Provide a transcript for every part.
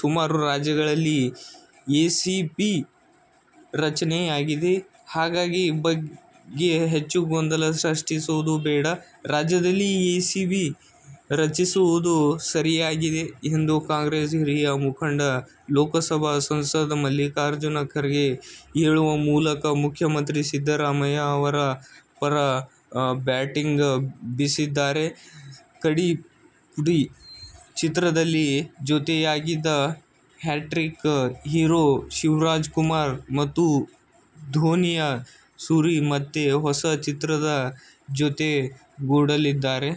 ಸುಮಾರು ರಾಜ್ಯಗಳಲ್ಲಿ ಎಸಿಬಿ ರಚನೆಯಾಗಿದೆ. ಹಾಗಾಗಿ ಈ ಬಗ್ಗೆ ಹೆಚ್ಚು ಗೊಂದಲ ಸೃಷ್ಟಿಸೋದು ಬೇಡ. ರಾಜ್ಯದಲ್ಲಿ ಎಸಿಬಿ ರಚಿಸಿರುವುದು ಸರಿಯಾಗಿದೆ ಎಂದು ಕಾಂಗ್ರೆಸ್ ಹಿರಿಯ ಮುಖಂಡ, ಲೋಕಸಭಾ ಸಂಸದ ಮಲ್ಲಿಕಾರ್ಜುನ ಖರ್ಗೆ ಹೇಳುವ ಮೂಲಕ ಮುಖ್ಯಮಂತ್ರಿ ಸಿದ್ದರಾಮಯ್ಯ ಅವರ ಪರ ಬ್ಯಾಟಿಂಗ್ ಬೀಸಿದ್ದಾರೆ. 'ಕಡ್ಡಿಪುಡಿ' ಚಿತ್ರದಲ್ಲಿ ಜೊತೆಯಾಗಿದ್ದ ಹ್ಯಾಟ್ರಿಕ್ ಹೀರೊ ಶಿವರಾಜ್ ಕುಮಾರ್ ಮತ್ತು ದುನಿಯಾ ಸೂರಿ ಮತ್ತೆ ಹೊಸ ಚಿತ್ರದಲ್ಲಿ ಜೊತೆಗೂಡಲಿದ್ದಾರೆ.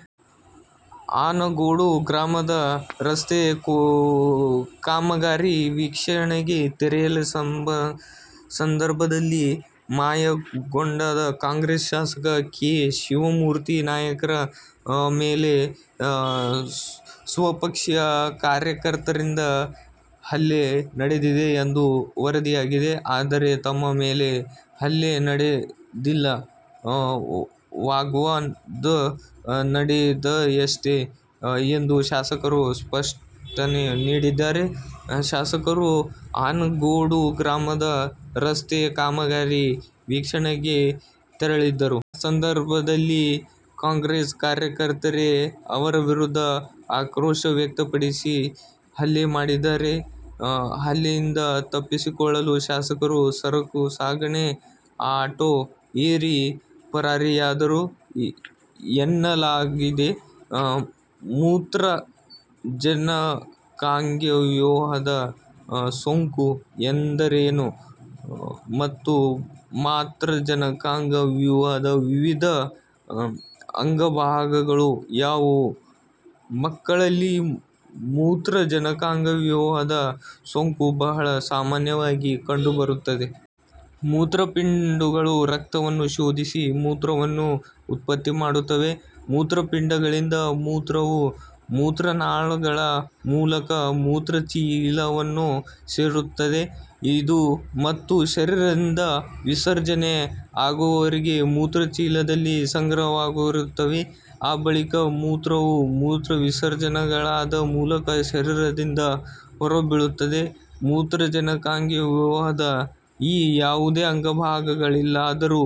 ಆನಗೋಡು ಗ್ರಾಮದ ರಸ್ತೆ ಕಾಮಗಾರಿ ವೀಕ್ಷಣೆಗೆ ತೆರಳಿದ ಸಂದರ್ಭದಲ್ಲಿ ಮಾಯಕೊಂಡದ ಕಾಂಗ್ರೆಸ್ ಶಾಸಕ ಕೆ. ಶಿವಮೂರ್ತಿ ನಾಯ್ಕರ ಮೇಲೆ ಸ್ವಪಕ್ಷೀಯ ಕಾರ್ಯಕರ್ತರಿಂದ ಹಲ್ಲೆ ನಡೆದಿದೆ ಎಂದು ವರದಿಯಾಗಿದೆ. ಆದರೆ, ತಮ್ಮ ಮೇಲೆ ಹಲ್ಲೆ ನಡೆದಿಲ್ಲ. ವಾಗ್ವಾದ ನಡೆದಿದೆಯಷ್ಟೇ ಎಂದು ಶಾಸಕರು ಸ್ಪಷ್ಟನೆ ನೀಡಿದ್ದಾರೆ. ಶಾಸಕರು ಆನಗೋಡು ಗ್ರಾಮದ ರಸ್ತೆ ಕಾಮಗಾರಿ ವೀಕ್ಷಣೆಗೆ ತೆರಳಿದ್ದರು. ಆ ಸಂದರ್ಭದಲ್ಲಿ ಕಾಂಗ್ರೆಸ್ ಕಾರ್ಯಕರ್ತರೇ ಅವರ ವಿರುದ್ಧ ಆಕ್ರೋಶ ವ್ಯಕ್ತಪಡಿಸಿ, ಹಲ್ಲೆ ಮಾಡಿದ್ದಾರೆ. ಹಲ್ಲೆಯಿಂದ ತಪ್ಪಿಸಿಕೊಳ್ಳಲು ಶಾಸಕರು ಸರಕು ಸಾಗಣೆ ಆಟೋ ಏರಿ ಪರಾರಿಯಾದರು ಎನ್ನಲಾಗಿದೆ. ಮೂತ್ರಜನಕಾಂಗವ್ಯೂಹದ ಸೋಂಕು ಎಂದರೇನು ಮತ್ತು ಮೂತ್ರಜನಕಾಂಗ ವ್ಯೂಹದ ವಿವಿಧ ಅಂಗಭಾಗಗಳು ಯಾವುವು? ಮಕ್ಕಳಲ್ಲಿ ಮೂತ್ರಜನಕಾಂಗವ್ಯೂಹದ ಸೋಂಕು ಬಹಳ ಸಾಮಾನ್ಯವಾಗಿ ಕಂಡು ಬರುತ್ತದೆ. ಮೂತ್ರಪಿಂಡಗಳು ರಕ್ತವನ್ನು ಶೋಧಿಸಿ ಮೂತ್ರವನ್ನು ಉತ್ಪತ್ತಿ ಮಾಡುತ್ತವೆ; ಮೂತ್ರಪಿಂಡಗಳಿಂದ ಮೂತ್ರವು ಮೂತ್ರನಾಳಗಳ ಮೂಲಕ ಮೂತ್ರಚೀಲವನ್ನು ಸೇರುತ್ತದೆ ಮತ್ತು ಶರೀರದಿಂದ ವಿಸರ್ಜನೆ ಆಗುವವರೆಗೆ ಮೂತ್ರಚೀಲದಲ್ಲಿ ಸಂಗ್ರಹವಾಗಿರುತ್ತದೆ. ಆ ಬಳಿಕ ಮೂತ್ರವು ಮೂತ್ರವಿಸರ್ಜನಾನಾಳದ ಮೂಲಕ ಶರೀರದಿಂದ ಹೊರಬೀಳುತ್ತದೆ. ಮೂತ್ರಜನಕಾಂಗವ್ಯೂಹದ ಈ ಯಾವುದೇ ಅಂಗ-ಭಾಗಗಳಲ್ಲಿಯಾದರೂ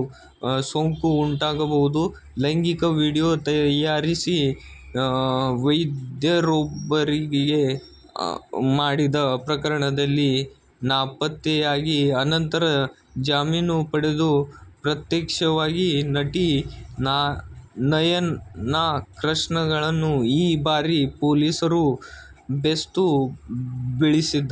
ಸೋಂಕು ಉಂಟಾಗಬಹುದು. ಲೈಂಗಿಕ ವಿಡಿಯೋ ತಯಾರಿಸಿ ವೈದ್ಯರೊಬ್ಬರಿಗೆ ಮಾಡಿದ ಪ್ರಕರಣದಲ್ಲಿ ನಾಪತ್ತೆಯಾಗಿ ಅನಂತರ ಜಾಮೀನು ಪಡೆದು ಪ್ರತ್ಯಕ್ಷವಾಗಿದ್ದ ನಟಿ ನಯನಾಕೃಷ್ಣಳನ್ನು ಈ ಬಾರಿ ಪೊಲೀಸರು ಬೇಸ್ತು ಬೀಳಿಸಿದ್ದಾರೆ.